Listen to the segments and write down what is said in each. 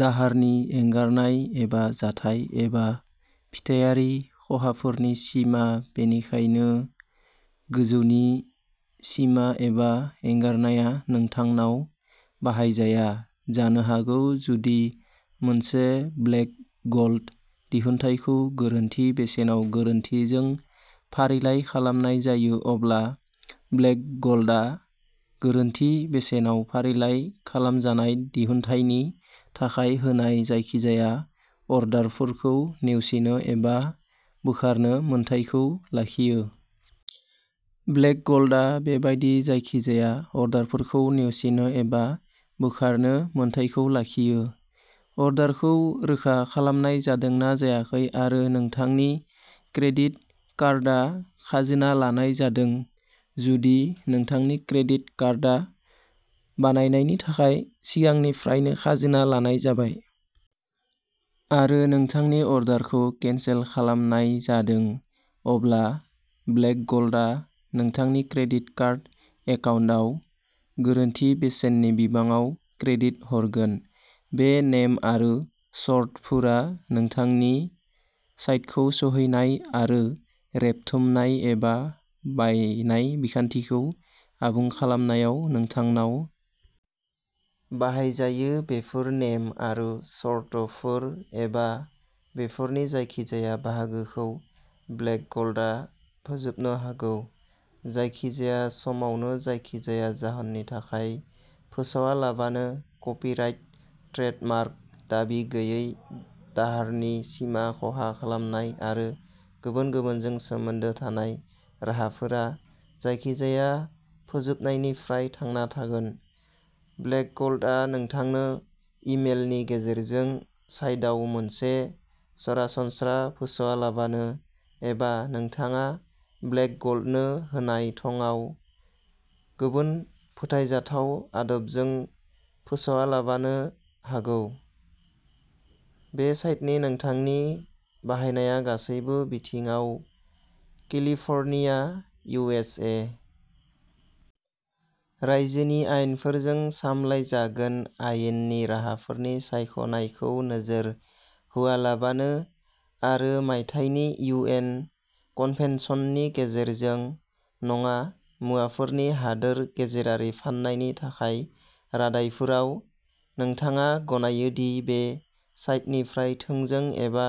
दाहारनि एंगारनाय एबा जाथाय एबा फिथायारि खहाफोरनि सिमा बेनिखायनो गोजौनि सिमा एबा एंगारनाया नोंथांनाव बाहायजाया जानो हागौ जुदि मोनसे ब्लेक गल्ड दिहुनथायखौ गोरोन्थि बेसेनाव गोरोन्थिजों फारिलाइ खालामनाय जायो अब्ला ब्लेक गल्डआ गोरोन्थि बेसेनाव फारिलाइ खालामजानाय दिहुनथायनि थाखाय होनाय जायखिजाया अर्डारफोरखौ नेवसिनो एबा बोखारनो मोनथायखौ लाखियो। ब्लेक गल्डआ बेबादि जायखिजाया अर्डारफोरखौ नेवसिनो एबा बोखारनो मोन्थाइखौ लाखियो अर्डारखौ रोखा खालामनाय जादों ना जायाखै आरो नोंथांनि क्रेडिट कार्डआ खाजोना लानाय जादों जुदि नोंथांनि क्रेडिट कार्डआ बायनायनि थाखाय सिगांनिफ्रायनो खाजोना लानाय जाबाय आरो नोंथांनि अर्डारखौ केनसेल खालामनाय जादों अब्ला ब्लेक गल्डआ नोंथांनि क्रेडिट कार्ड एकाउन्टआव गोरोन्थि बेसेननि बिबांआव क्रेडिट हरगोन बे नेम आरो सर्तफोरा नोंथांनि साइटखौ सौहैनाय आरो रेबथुमनाय एबा बायनाय बिखान्थिखौ आबुं खालामनायाव नोंथांनाव बाहायजायो बेफोर नेम आरो सर्तफोर एबा बेफोरनि जायखिजाया बाहागोखौ ब्लेक गल्डआ फोजोबनो हागौ जायखिजाया समावनो जायखिजाया जाहोननि थाखाय फोसावालाबानो कपिराइट ट्रेडमार्क दाबि गैयै दाहारनि सिमा खहा खालामनाय आरो गुबुन गुबुनजों सोमोन्दो थानाय राहाफोरा जायखिजाया फोजोबनायनिफ्राय थांना थागोन ब्लेक गल्डआ नोंथांनो इ मेलनि गेजेरजों साइटआव मोनसे सरासनस्रा फोसावालाबानो एबा नोंथाङा ब्लेक गल्डनो होनाय थंआव गुबुन फोथायजाथाव आदबजों फोसावालाबानो हागौ बे साइटनि नोंथांनि बाहायनाया गासैबो बिथिङाव केलिफर्निया इउ एस ए. रायजोनि आयेनफोरजों सामलायजागोन आयेननि राहाफोरनि सायख'नायखौ नोजोर होआलाबानो आरो मायथाइनि इउ एन कनभेनसननि गेजेरजों नङा मुवाफोरनि हादोर गेजेरारि फाननायनि थाखाय रादायफोराव नोंथाङा गनायो दि बे साइटनिफ्राय थोंजों एबा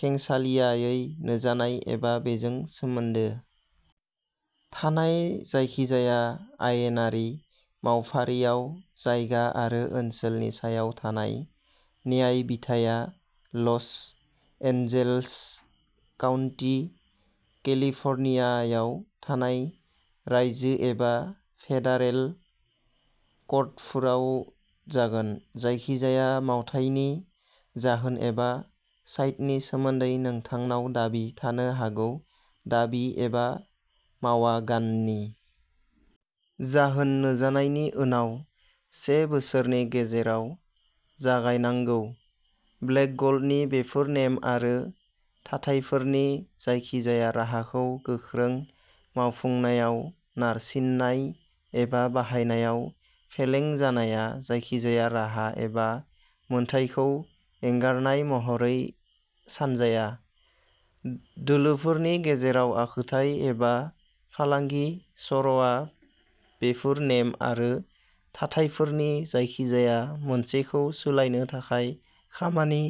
खेंसालियायै नुजानाय एबा बेजों सोमोन्दो थानाय जायखिजाया आयेनारि मावफारिआव जायगा आरो ओनसोलनि सायाव थानाय न्यायबिथाया लस एन्जेल्स काउन्टि केलिफर्नियायाव थानाय रायजो एबा फेडारेल कर्टफोराव जागोन जायखिजाया मावथायनि जाहोन एबा साइटनि सोमोन्दै नोंथांनाव दाबि थानो हागौ दाबि एबा मावआगाननि जाहोन नुजानायनि उनाव से बोसोरनि गेजेराव जागायनांगौ ब्लेक गल्डनि बेफोर नेम आरो थाथायफोरनि जायखिजाया राहाखौ गोख्रों मावफुंनायाव नारसिननाय एबा बाहायनायाव फेलें जानाया जायखिजाया राहा एबा मोनथायखौ एंगारनाय महरै सानजाया दोलोफोरनि गेजेराव आखुथाय एबा फालांगि सर'आ बेफोर नेम आरो थाथायफोरनि जायखिजाया मोनसेखौ सोलायनो थाखाय खामानि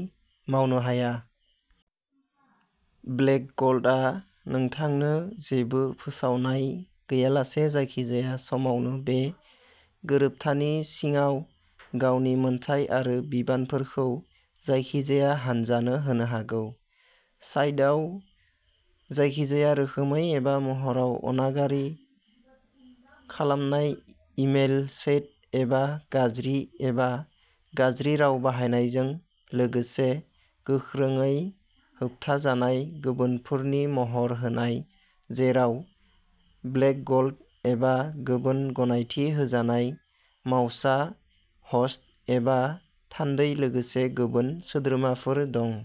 मावनो हाया। ब्लेक गल्डआ नोंथांनो जेबो फोसावनाय गैयालासे जायखिजाया समावनो बे गोरोबथानि सिङाव गावनि मोनथाय आरो बिबानफोरखौ जायखिजाया हान्जानो होनो हागौ। साइटआव जायखिजाया रोखोमै एबा महराव अनागारि खालामनाय इ मेल चैट एबा गाज्रि एबा गाज्रि राव बाहायनायजों लोगोसे गोख्रोङै होबथाजानाय गुबुनफोरनि महर होनाय जेराव ब्लेक गल्ड एबा गुबुन गनायथि होजानाय मावसा ह'स्ट एबा थान्दै लोगोसे गुबुन सोद्रोमाफोर दं।